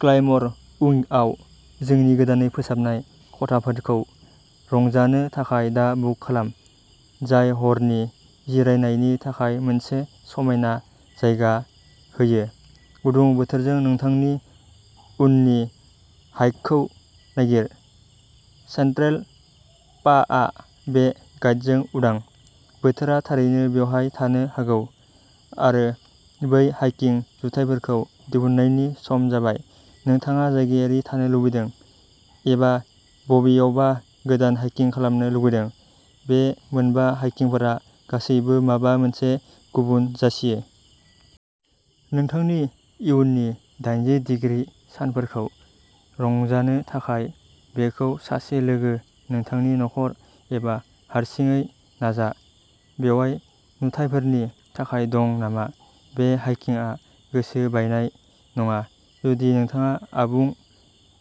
क्लेम'र उइंगआव जोंनि गोदानै फोसाबनाय खथाफोरखौ रंजानो थाखाय दा बुक खालाम जाय हरनि जिरायनायनि थाखाय मोनसे समायना जायगा होयो गुदुं बोथोरजों नोंथांनि उननि हाइकखौ नागिर! सेन्ट्रेल पा आ बे गाइडजों उदां बोथोरा थारैनो बेवहाय थानो हागौ आरो बै हाइकिं जुथाफोरखौ दिहुननायनि सम जाबाय नोंथाङा जायगायारि थानो लुबैदों एबा बबेयावबा गोदान हाइकिं खालामनो लुबैदों बे मोनबा हाइकिंफोरा गासैबो माबा मोनसे गुबुन जासियो। नोंथांनि इयुननि दाइनजि दिग्रि सानफोरखौ रंजानो थाखाय बेखौ सासे लोगो नोंथांनि नखर एबा हारसिङै नाजा बेयाव नुथायफोरनि थाखाय दं नामा बे हाइकिंआ गोसो बायनाय नङा जुदि नोंथाङा आबुं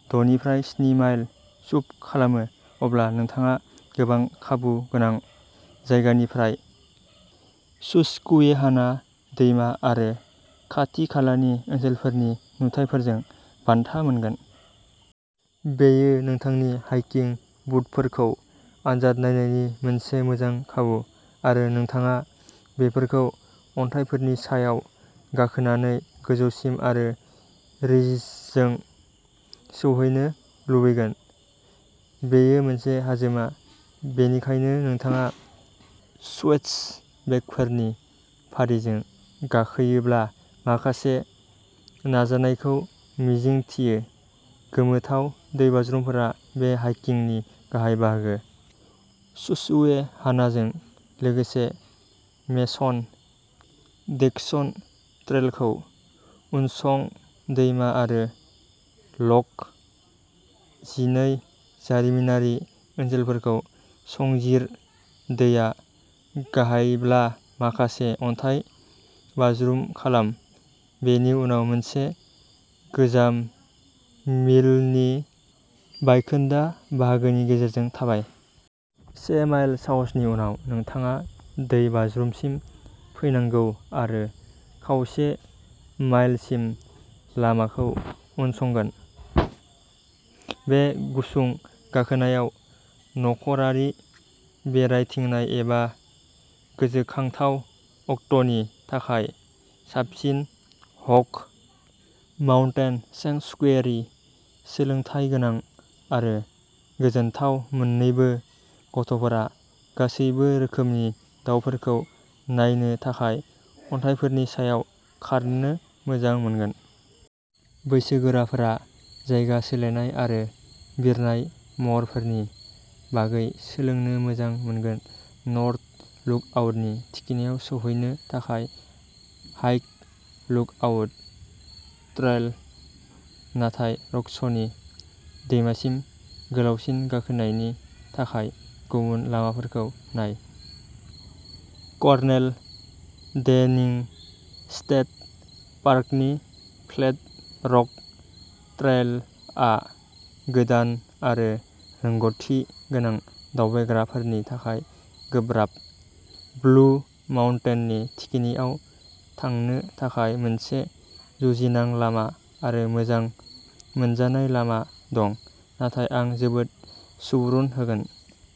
द' निफ्राय स्नि माइल लुप खालामो अब्ला नोंथाङा गोबां खाबु गोनां जायगानिफ्राय सुस्क्वेहाना दैमा आरो खाथि खालानि ओनसोलफोरनि नुथायफोरजों बान्था मोनगोन। बेयो नोंथांनि हाइकिं बुटफोरखौ आनजाद नायनायनि मोनसे मोजां खाबु आरो नोंथाङा बेफोरखौ अन्थाइफोरनि सायाव गाखोनानै गोजौसिम आरो रिजजों सौहैनो लुबैगोन। बेयो मोनसे हाजोमा बेनिखायनो नोंथाङा स्विचबेकफोरनि फारिजों गाखोयोब्ला माखासे नाजानायखौ मिजिंथियो गोमोथाव दैबाज्रुमफोरा बे हाइकिंनि गाहाय बाहागो सुस्क्वेहानाजों लोगोसे मेसन डिक्सन ट्रेलखौ उनसं दैमा आरो लक जिनै जारिमिनारि ओनसोलफोरखौ संजिर दैया गाहायब्ला माखासे अन्थाइ बाज्रुम खालाम बेनि उनाव मोनसे गोजाम मिलनि बायखोन्दा बाहागोनि गेजेरजों थाबाय। से माइल साहसनि उनाव नोंथाङा दैबाज्रुमसिम फैनांगौ आरो खावसे माइलसिम लामाखौ उनसंगोन। बे गुसुं गाखोनायाव नखरारि बेरायथिंनाय एबा गोसोखांथाव अक्ट'नि थाखाय साबसिन हक माउन्टेन सेंक्सुयेरि सोलोंथायगोनां आरो गोजोनथाव मोननैबो गथ'फोरा गासैबो रोखोमनि दावफोरखौ नायनो थाखाय अन्थाइफोरनि सायाव खारनो मोजां मोनगोन। बैसोगोराफोरा जायगा सोलायनाय आरो बिरनाय महरफोरनि बागै सोलोंनो मोजां मोनगोन नर्थ लुकआउटनि थिखिनियाव सौहैनो थाखाय हाइक लुकआउट ट्रेल नाथाय रक्सनि दैमासिम गोलावसिन गाखोनायनि थाखाय गुबुन लामाफोरखौ नाय। कर्नेल डेनिं स्टेट पार्कनि फ्लेट रक ट्रेलआ गोदान आरो रोंग'थि गोनां दावबायग्राफोरनि थाखाय गोब्राब ब्लु माउन्टेननि थिखिनियाव थांनो थाखाय मोनसे जुजिनां लामा आरो मोजां मोनजानाय लामा दं नाथाय आं जोबोद सुबुरुन होगोन।